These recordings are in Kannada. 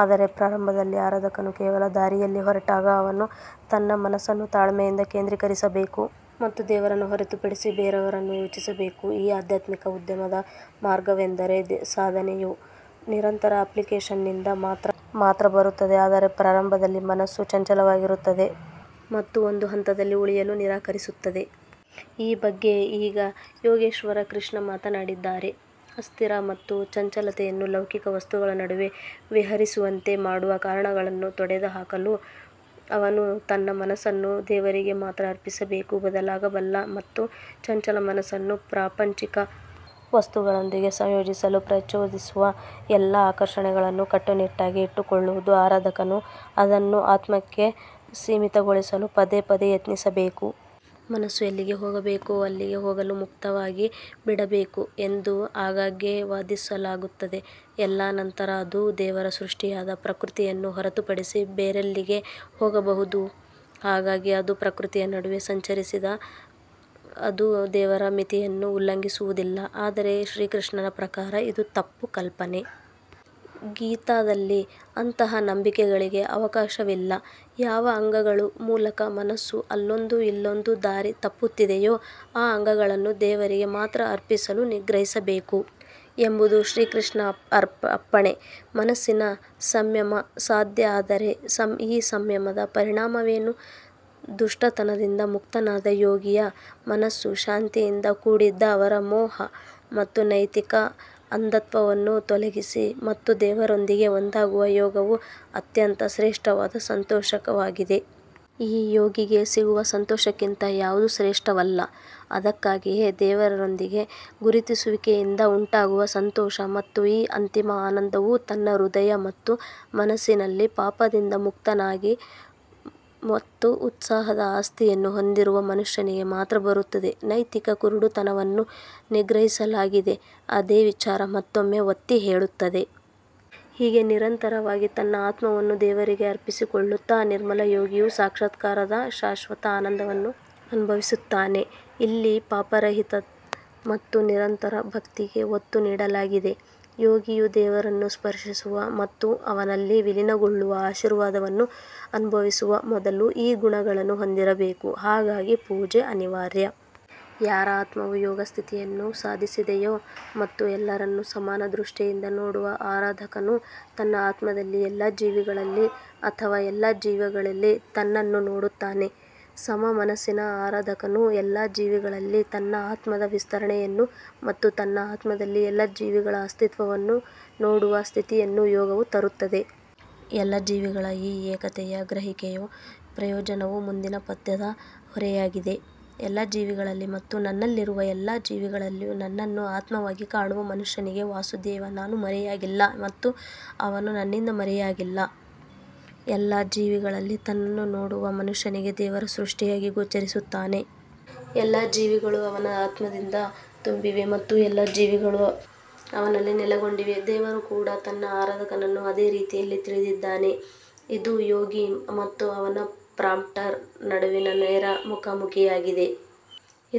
ಆದರೆ ಪ್ರಾರಂಭದಲ್ಲಿ ಆರಾಧಕನು ಕೇವಲ ದಾರಿಯಲ್ಲಿ ಹೊರಟಾಗ ಅವನು ತನ್ನ ಮನಸ್ಸನ್ನು ತಾಳ್ಮೆಯಿಂದ ಕೇಂದ್ರೀಕರಿಸಬೇಕು ಮತ್ತು ದೇವರನ್ನು ಹೊರತುಪಡಿಸಿ ಬೇರೇನನ್ನೂ ಯೋಚಿಸಬೇಕು. ಈ ಆಧ್ಯಾತ್ಮಿಕ ಉದ್ಯಮದ ಮಾರ್ಗವೆಂದರೆ ಸಾಧನೆಯು ನಿರಂತರ ಅಪ್ಲಿಕೇಶನ್ನಿಂದ ಮಾತ್ರ ಬರುತ್ತದೆ ಆದರೆ ಪ್ರಾರಂಭದಲ್ಲಿ ಮನಸ್ಸು ಚಂಚಲವಾಗಿರುತ್ತದೆ ಮತ್ತು ಒಂದು ಹಂತದಲ್ಲಿ ಉಳಿಯಲು ನಿರಾಕರಿಸುತ್ತದೆ. ಈ ಬಗ್ಗೆ ಈಗ ಯೋಗೇಶ್ವರ ಕೃಷ್ಣ ಮಾತನಾಡಿದ್ದಾರೆ. ಅಸ್ಥಿರ ಮತ್ತು ಚಂಚಲತೆಯನ್ನು ಲೌಕಿಕ ವಸ್ತುಗಳ ನಡುವೆ ವಿಹರಿಸುವಂತೆ ಮಾಡುವ ಕಾರಣಗಳನ್ನು ತೊಡೆದುಹಾಕಲು ಅವನು ತನ್ನ ಮನಸ್ಸನ್ನು ದೇವರಿಗೆ ಮಾತ್ರ ಅರ್ಪಿಸಬೇಕು. ಬದಲಾಗಬಲ್ಲ ಮತ್ತು ಚಂಚಲ ಮನಸ್ಸನ್ನು ಪ್ರಾಪಂಚಿಕ ವಸ್ತುಗಳೊಂದಿಗೆ ಸಂಯೋಜಿಸಲು ಪ್ರಚೋದಿಸುವ ಎಲ್ಲಾ ಆಕರ್ಷಣೆಗಳನ್ನು ಕಟ್ಟುನಿಟ್ಟಾಗಿ ಇಟ್ಟುಕೊಳ್ಳುವುದು ಆರಾಧಕನು ಅದನ್ನು ಆತ್ಮಕ್ಕೆ ಸೀಮಿತಗೊಳಿಸಲು ಪದೇ ಪದೇ ಪ್ರಯತ್ನಿಸಬೇಕು. ಮನಸ್ಸು ಎಲ್ಲಿಗೆ ಹೋಗಬೇಕೋ ಅಲ್ಲಿಗೆ ಹೋಗಲು ಮುಕ್ತವಾಗಿ ಬಿಡಬೇಕು ಎಂದು ಆಗಾಗ್ಗೆ ವಾದಿಸಲಾಗುತ್ತದೆ. ಎಲ್ಲಾ ನಂತರ ಅದು ದೇವರ ಸೃಷ್ಟಿಯಾದ ಪ್ರಕೃತಿಯನ್ನು ಹೊರತುಪಡಿಸಿ ಬೇರೆಲ್ಲಿಗೆ ಹೋಗಬಹುದು. ಹಾಗಾಗಿ ಅದು ಪ್ರಕೃತಿಯ ನಡುವೆ ಸಂಚರಿಸಿದರೆ ಅದು ದೇವರ ಮಿತಿಯನ್ನು ಉಲ್ಲಂಘಿಸುವುದಿಲ್ಲ. ಆದರೆ ಶ್ರೀಕೃಷ್ಣನ ಪ್ರಕಾರ ಇದು ತಪ್ಪು ಕಲ್ಪನೆ. ಗೀತಾದಲ್ಲಿ ಅಂತಹ ನಂಬಿಕೆಗಳಿಗೆ ಅವಕಾಶವಿಲ್ಲ. ಯಾವ ಅಂಗಗಳ ಮೂಲಕ ಮನಸ್ಸು ಅಲ್ಲೊಂದು ಇಲ್ಲೊಂದು ದಾರಿ ತಪ್ಪುತ್ತಿದೆಯೋ ಆ ಅಂಗಗಳನ್ನು ದೇವರಿಗೆ ಮಾತ್ರ ಅರ್ಪಿಸಲು ನಿಗ್ರಹಿಸಬೇಕು ಎಂಬುದು ಶ್ರೀಕೃಷ್ಣನ ಅಪ್ಪಣೆ. ಮನಸ್ಸಿನ ಸಂಯಮ ಸಾಧ್ಯ ಆದರೆ ಈ ಸಂಯಮದ ಪರಿಣಾಮವೇನು. ದುಷ್ಟತನದಿಂದ ಮುಕ್ತನಾದ ಯೋಗಿಯ ಮನಸ್ಸು ಶಾಂತಿಯಿಂದ ಕೂಡಿದ್ದು ಅವರ ಮೋಹ ಮತ್ತು ನೈತಿಕ ಅಂಧತ್ವವನ್ನು ತೊಲಗಿಸಿ ಮತ್ತು ದೇವರೊಂದಿಗೆ ಒಂದಾಗುವ ಯೋಗವು ಅತ್ಯಂತ ಶ್ರೇಷ್ಠವಾದ ಸಂತೋಷವಾಗಿದೆ. ಈ ಯೋಗಿಗೆ ಸಿಗುವ ಸಂತೋಷಕ್ಕಿಂತ ಯಾವುದೂ ಶ್ರೇಷ್ಠವಲ್ಲ. ಅದಕ್ಕಾಗಿಯೇ ದೇವರೊಂದಿಗೆ ಗುರುತಿಸುವಿಕೆಯಿಂದ ಉಂಟಾಗುವ ಸಂತೋಷ ಮತ್ತು ಈ ಅಂತಿಮ ಆನಂದವು ತನ್ನ ಹೃದಯ ಮತ್ತು ಮನಸ್ಸಿನಲ್ಲಿ ಪಾಪದಿಂದ ಮುಕ್ತವಾಗಿ ಮತ್ತು ಉತ್ಸಾಹದ ಆಸ್ತಿಯನ್ನು ಹೊಂದಿರುವ ಮನುಷ್ಯನಿಗೆ ಮಾತ್ರ ಬರುತ್ತದೆ. ನೈತಿಕ ಕುರುಡುತನವನ್ನು ನಿಗ್ರಹಿಸಲಾಗಿದೆ. ಅದೇ ವಿಚಾರ ಮತ್ತೊಮ್ಮೆ ಒತ್ತಿ ಹೇಳುತ್ತದೆ. ಹೀಗೆ ನಿರಂತರವಾಗಿ ತನ್ನ ಆತ್ಮವನ್ನು ದೇವರಿಗೆ ಅರ್ಪಿಸಿಕೊಳ್ಳುತ್ತಾ ನಿರ್ಮಲ ಯೋಗಿಯು ಸಾಕ್ಷಾತ್ಕಾರದ ಶಾಶ್ವತ ಆನಂದವನ್ನು ಅನುಭವಿಸುತ್ತಾನೆ. ಇಲ್ಲಿ ಪಾಪರಹಿತತೆ ಮತ್ತು ನಿರಂತರ ಭಕ್ತಿಗೆ ಒತ್ತು ನೀಡಲಾಗಿದೆ. ಯೋಗಿಯು ದೇವರನ್ನು ಸ್ಪರ್ಶಿಸುವ ಮತ್ತು ಅವನಲ್ಲಿ ವಿಲೀನಗೊಳ್ಳುವ ಆಶೀರ್ವಾದವನ್ನು ಅನುಭವಿಸುವ ಮೊದಲು ಈ ಗುಣಗಳನ್ನು ಹೊಂದಿರಬೇಕು. ಹಾಗಾಗಿ ಪೂಜೆ ಅನಿವಾರ್ಯ. ಯಾರ ಆತ್ಮವು ಯೋಗ ಸ್ಥಿತಿಯನ್ನು ಸಾಧಿಸಿದೆಯೋ ಮತ್ತು ಎಲ್ಲರನ್ನು ಸಮಾನ ದೃಷ್ಟಿಯಿಂದ ನೋಡುವ ಆರಾಧಕನು ತನ್ನ ಆತ್ಮದಲ್ಲಿ ಎಲ್ಲಾ ಜೀವಿಗಳಲ್ಲಿ ಮತ್ತು ಎಲ್ಲಾ ಜೀವಿಗಳಲ್ಲಿ ತನ್ನನ್ನು ನೋಡುತ್ತಾನೆ. ಸಮ ಮನಸ್ಸಿನ ಆರಾಧಕನು ಎಲ್ಲಾ ಜೀವಿಗಳಲ್ಲಿ ತನ್ನ ಆತ್ಮದ ವಿಸ್ತರಣೆಯನ್ನು ಮತ್ತು ತನ್ನ ಆತ್ಮದಲ್ಲಿ ಎಲ್ಲಾ ಜೀವಿಗಳ ಅಸ್ತಿತ್ವವನ್ನು ನೋಡುವ ಸ್ಥಿತಿಯನ್ನು ಯೋಗವು ತರುತ್ತದೆ. ಎಲ್ಲಾ ಜೀವಿಗಳ ಈ ಏಕತೆಯ ಗ್ರಹಿಕೆಯ ಪ್ರಯೋಜನವು ಮುಂದಿನ ಪದ್ಯದ ಹೊರೆಯಾಗಿದೆ. ಎಲ್ಲಾ ಜೀವಿಗಳಲ್ಲಿ ಮತ್ತು ನನ್ನಲ್ಲಿರುವ ಎಲ್ಲಾ ಜೀವಿಗಳಲ್ಲಿ ನನ್ನನ್ನು ಆತ್ಮವಾಗಿ ಕಾಣುವ ಮನುಷ್ಯನಿಗೆ ವಾಸುದೇವ ನಾನು ಮರೆಯಾಗಿಲ್ಲ ಮತ್ತು ಅವನು ನನ್ನಿಂದ ಮರೆಯಾಗಿಲ್ಲ. ಎಲ್ಲಾ ಜೀವಿಗಳಲ್ಲಿ ತನ್ನನ್ನು ನೋಡುವ ಮನುಷ್ಯನಿಗೆ ದೇವರು ಸ್ಪಷ್ಟವಾಗಿ ಗೋಚರಿಸುತ್ತಾನೆ. ಎಲ್ಲಾ ಜೀವಿಗಳು ಅವನ ಆತ್ಮದಿಂದ ತುಂಬಿವೆ ಮತ್ತು ಎಲ್ಲಾ ಜೀವಿಗಳು ಅವನಲ್ಲಿ ನೆಲೆಗೊಂಡಿವೆ. ದೇವರು ಕೂಡ ತನ್ನ ಆರಾಧಕನನ್ನು ಅದೇ ರೀತಿಯಲ್ಲಿ ತಿಳಿದಿದ್ದಾನೆ. ಇದು ಯೋಗಿ ಮತ್ತು ಅವನ ಪ್ರಾಂಪ್ಟರ್ ನಡುವಿನ ನೇರ ಮುಖಾಮುಖಿಯಾಗಿದೆ.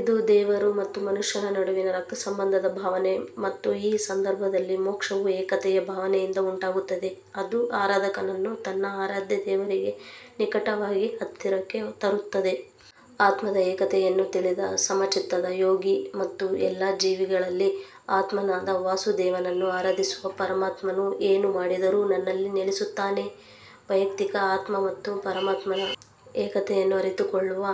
ಇದು ದೇವರು ಮತ್ತು ಮನುಷ್ಯನ ನಡುವಿನ ರಕ್ತಸಂಬಂಧದ ಭಾವನೆ ಮತ್ತು ಈ ಸಂದರ್ಭದಲ್ಲಿ ಮೋಕ್ಷವು ಏಕತೆಯ ಭಾವನೆಯಿಂದ ಉಂಟಾಗುತ್ತದೆ ಅದು ಆರಾಧಕನನ್ನು ತನ್ನ ಆರಾಧ್ಯ ದೇವರಿಗೆ ನಿಕಟವಾಗಿ ಹತ್ತಿರಕ್ಕೆ ತರುತ್ತದೆ. ಆತ್ಮದ ಏಕತೆಯನ್ನು ತಿಳಿದ ಸಮಚಿತ್ತದ ಯೋಗಿ ಮತ್ತು ಎಲ್ಲಾ ಜೀವಿಗಳಲ್ಲಿ ಆತ್ಮನಾದ ವಾಸುದೇವನನ್ನು ಆರಾಧಿಸುವ ಪರಮಾತ್ಮನು ಏನು ಮಾಡಿದರೂ ನನ್ನಲ್ಲಿ ನೆಲೆಸುತ್ತಾನೆ. ವೈಯಕ್ತಿಕ ಆತ್ಮ ಮತ್ತು ಪರಮಾತ್ಮನ ಏಕತೆಯನ್ನು ಅರಿತುಕೊಳ್ಳುವ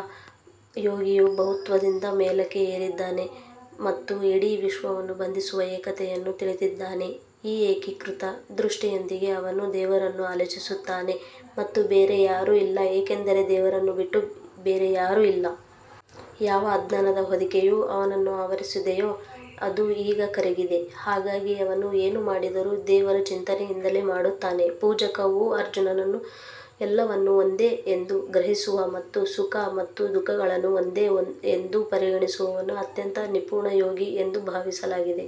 ಯೋಗಿಯು ಬಹುತ್ವದಿಂದ ಮೇಲಕ್ಕೆ ಏರಿದ್ದಾನೆ ಮತ್ತು ಇಡೀ ವಿಶ್ವವನ್ನು ಬಂಧಿಸುವ ಏಕತೆಯನ್ನು ತಿಳಿದಿದ್ದಾನೆ. ಈ ಏಕೀಕೃತ ದೃಷ್ಟಿಯೊಂದಿಗೆ ಅವನು ದೇವರನ್ನು ಆಲೋಚಿಸುತ್ತಾನೆ ಮತ್ತು ಬೇರೆ ಯಾರೂ ಇಲ್ಲ ಏಕೆಂದರೆ ದೇವರನ್ನು ಬಿಟ್ಟು ಬೇರೆ ಯಾರೂ ಇಲ್ಲ. ಯಾವ ಅಜ್ಞಾನದ ಹೊದಿಕೆಯು ಅವನನ್ನು ಆವರಿಸಿದೆಯೋ ಅದು ಈಗ ಕರಗಿದೆ. ಹಾಗಾಗಿ ಅವನು ಏನು ಮಾಡಿದರೂ ದೇವರ ಚಿಂತನೆಯಿಂದಲೇ ಮಾಡುತ್ತಾನೆ. ಪೂಜಕ ಓ ಅರ್ಜುನನು ಎಲ್ಲವನ್ನು ಒಂದೇ ಎಂದು ಗ್ರಹಿಸುವ ಮತ್ತು ಸುಖ ಮತ್ತು ದುಃಖಗಳನ್ನು ಒಂದೇ ಎಂದು ಪರಿಗಣಿಸುವವನು ಅತ್ಯಂತ ನಿಪುಣ ಯೋಗಿ ಎಂದು ಭಾವಿಸಲಾಗಿದೆ.